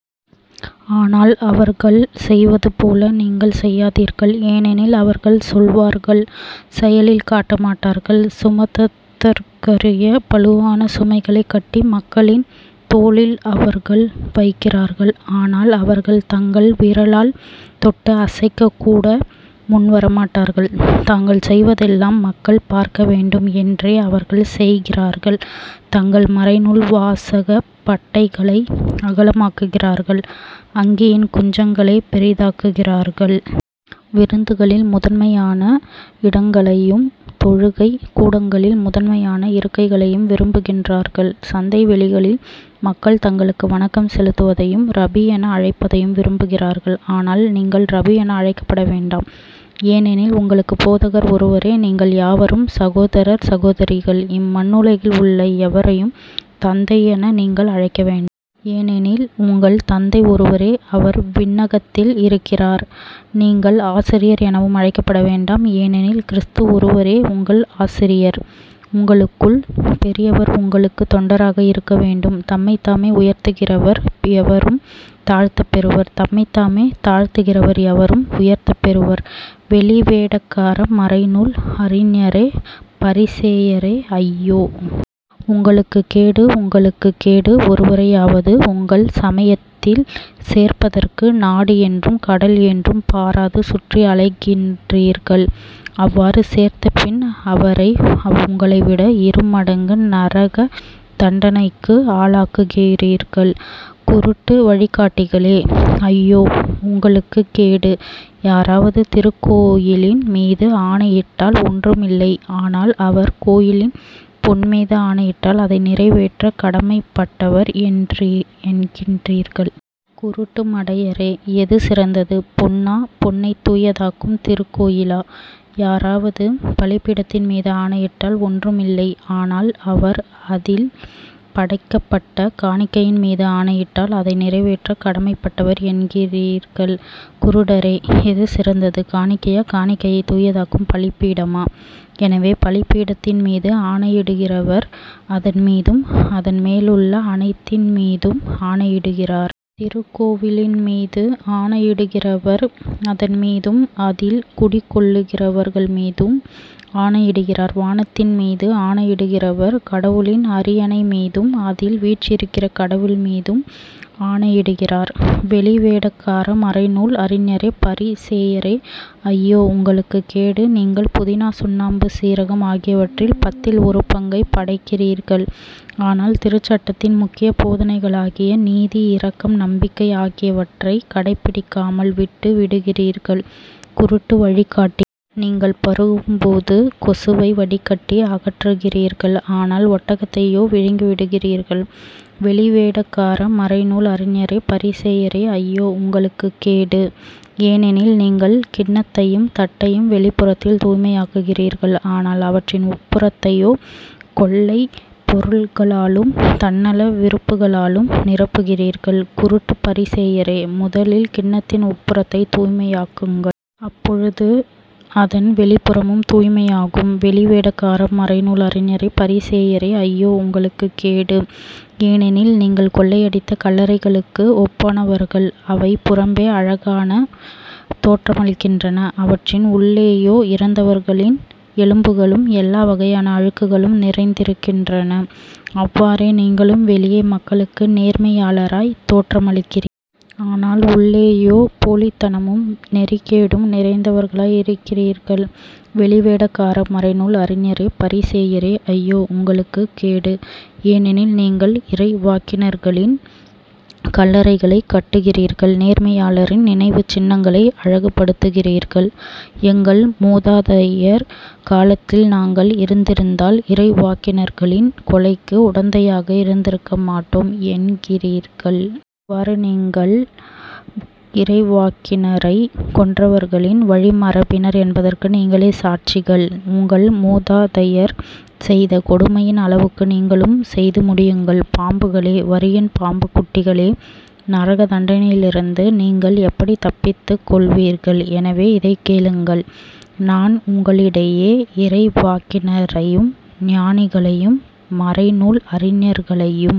ஆனால் அவர்கள் செய்வதுபோல நீங்கள் செய்யாதீர்கள். ஏனெனில் அவர்கள் சொல்வார்கள் செயலில் காட்ட மாட்டார்கள். சுமத்தற்கரிய பளுவான சுமைகளைக் கட்டி மக்களின் தோளில் அவர்கள் வைக்கிறார்கள் ஆனால் அவர்கள் தங்கள் விரலால் தொட்டு அசைக்கக் கூட முன்வரமாட்டார்கள். தாங்கள் செய்வதெல்லாம் மக்கள் பார்க்க வேண்டும் என்றே அவர்கள் செய்கிறார்கள் தங்கள் மறைநூல் வாசகப் பட்டைகளை அகலமாக்குகிறார்கள் அங்கியின் குஞ்சங்களைப் பெரிதாக்குகிறார்கள். விருந்துகளில் முதன்மையான இடங்களையும் தொழுகைக் கூடங்களில் முதன்மையான இருக்கைகளையும் விரும்புகின்றார்கள். சந்தைவெளிகளில் மக்கள் தங்களுக்கு வணக்கம் செலுத்துவதையும் ரபி என அழைப்பதையும் விரும்புகிறார்கள். ஆனால் நீங்கள் ரபி என அழைக்கப்பட வேண்டாம். ஏனெனில் உங்களுக்குப் போதகர் ஒருவரே. நீங்கள் யாவரும் சகோதரர் சகோதரிகள். இம்மண்ணுலகில் உள்ள எவரையும் தந்தை என நீங்கள் அழைக்க வேண்டாம். ஏனெனில் உங்கள் தந்தை ஒருவரே. அவர் விண்ணகத்தில் இருக்கிறார். நீங்கள் ஆசிரியர் எனவும் அழைக்கப்பட வேண்டாம். ஏனெனில் கிறிஸது ஒருவரே உங்கள் ஆசிரியர். உங்களுள் பெரியவர் உங்களுக்குத் தொண்டராக இருக்க வேண்டும். தம்மைத்தாமே உயர்த்துகிறவர் எவரும் தாழ்த்தப்பெறுவர். தம்மைத்தாமே தாழ்த்துகிறவர் எவரும் உயர்த்தப்பெறுவர். வெளிவேடக்கார மறைநூல் அறிஞரே பரிசேயரே ஐயோ. உங்களுக்குக் கேடு. உங்களுக்குக் கேடு. ஒருவரையாவது உங்கள் சமயத்தில் சேர்ப்பதற்கு நாடு என்றும் கடல் என்றும் பாராது சுற்றி அலைகின்றீர்கள் அவ்வாறு சேர்த்த பின் அவரை உங்களைவிட இருமடங்கு நரகத் தண்டனைக்கு ஆளாக்குகிறீர்கள். குருட்டு வழிகாட்டிகளே ஐயோ. உங்களுக்குக் கேடு. யாராவது திருக்கோவிலின்மீது ஆணையிட்டால் ஒன்றுமில்லை ஆனால் அவர் கோவிலின் பொன்மீது ஆணையிட்டால் அதை நிறைவேற்றக் கடமைப்பட்டவர் என்கிறீர்கள். குருட்டு மடையரே. எது சிறந்தது? பொன்னா? பொன்னைத் தூயதாக்கும் திருக்கோவிலா? யாராவது பலிபீடத்தின்மீது ஆணையிட்டால் ஒன்றுமில்லை ஆனால் அவர் அதில் படைக்கப்பட்ட காணிக்கையின்மீது ஆணையிட்டால் அதை நிறைவேற்றக் கடமைப்பட்டவர் என்கிறீர்கள். குருடரே. எது சிறந்தது? காணிக்கையா? காணிக்கையைத் தூயதாக்கும் பலிபீடமா? எனவே பலிபீடத்தின்மீது ஆணையிடுகிறவர் அதன்மீதும் அதன்மேலுள்ள அனைத்தின்மீதும் ஆணையிடுகிறார். திருக்கோவிலின்மீது ஆணையிடுகிறவர் அதன்மீதும் அதில் குடிகொண்டிருக்கிறவர்மீதும் ஆணையிடுகிறார். வானத்தின் மீது ஆணையிடுகிறவர் கடவுளின் அரியணைமீதும் அதில் வீற்றிருக்கிற கடவுள்மீதும் ஆணையிடுகிறார். வெளிவேடக்கார மறைநூல் அறிஞரே பரிசேயரே ஐயோ. உங்களுக்குக் கேடு. நீங்கள் புதினா சோம்பு சீரகம் ஆகியவற்றில் பத்தில் ஒரு பங்கைப் படைக்கிறீர்கள். ஆனால் திருச்சட்டத்தின் முக்கிய போதனைகளாகிய நீதி இரக்கம் நம்பிக்கை ஆகியவற்றைக் கடைப்பிடிக்காமல் விட்டு விடுகிறீர்கள் குருட்டு வழிகாட்டிகளே. நீங்கள் பருகும் போது கொசுவை வடிகட்டி அகற்றுகிறீர்கள். ஆனால் ஒட்டகத்தையோ விழுங்கிவிடுகிறீர்கள். வெளிவேடக்கார மறைநூல் அறிஞரே பரிசேயரே ஐயோ. உங்களுக்குக் கேடு. ஏனெனில் நீங்கள் கிண்ணத்தையும் தட்டையும் வெளிப்புறத்தில் தூய்மையாக்குகிறீர்கள். ஆனால் அவற்றின் உட்புறத்தையோ கொள்ளைப் பொருள்களாலும் தன்னல விருப்புகளாலும் நிரப்புகிறீர்கள். குருட்டுப் பரிசேயரே முதலில் கிண்ணத்தின் உட்புறத்தைத் தூய்மையாக்குங்கள். அப்பொழுது அதன் வெளிப்புறமும் தூய்மையாகும். வெளிவேடக்கார மறைநூல் அறிஞரே பரிசேயரே ஐயோ. உங்களுக்குக் கேடு. ஏனெனில் நீங்கள் வெள்ளையடித்த கல்லறைகளுக்கு ஒப்பானவர்கள். அவை புறம்பே அழகாகத் தோற்றமளிக்கின்றன அவற்றின் உள்ளேயோ இறந்தவர்களின் எலும்புகளும் எல்லாவகையான அழுக்குகளும் நிறைந்திருக்கின்றன. அவ்வாறே நீங்களும் வெளியே மக்களுக்கு நேர்மையாளராய்த் தோற்றமளிக்கிறீர்கள். ஆனால் உள்ளேயோ போலித்தனமும் நெறிகேடும் நிறைந்தவர்களாய் இருக்கிறீர்கள். வெளிவேடக்கார மறைநூல் அறிஞரே பரிசேயரே ஐயோ. உங்களுக்குக் கேடு. ஏனெனில் நீங்கள் இறைவாக்கினர்களின் கல்லறைகளைக் கட்டுகிறீர்கள் நேர்மையாளரின் நினைவுச் சின்னங்களை அழகுப்படுத்துகிறீர்கள் எங்கள் முதாதையர் காலத்தில் நாங்கள் இருந்திருந்தால் இறைவாக்கினர்களின் கொலைக்கு உடந்தையாக இருந்திருக்க மாட்டோம் என்கிறீர்கள். இவ்வாறு நீங்கள் இறைவாக்கினரைக் கொன்றவர்களின் வழிமரபினர் என்பதற்கு நீங்களே சாட்சிகள். உங்கள் முதாதையர் செய்த கொடுமையின் அளவுக்கு நீங்களும் செய்து முடியுங்கள். பாம்புகளே வரியன் பாம்புக் குட்டிகளே நரகத் தண்டனையிலிருந்து நீங்கள் எப்படித் தப்பித்துக்கொள்வீர்கள்? எனவே இதைக் கேளுங்கள். நான் உங்களிடையே இறைவாக்கினரையும் ஞானிகளையும் மறைநூல் அறிஞர்களையும்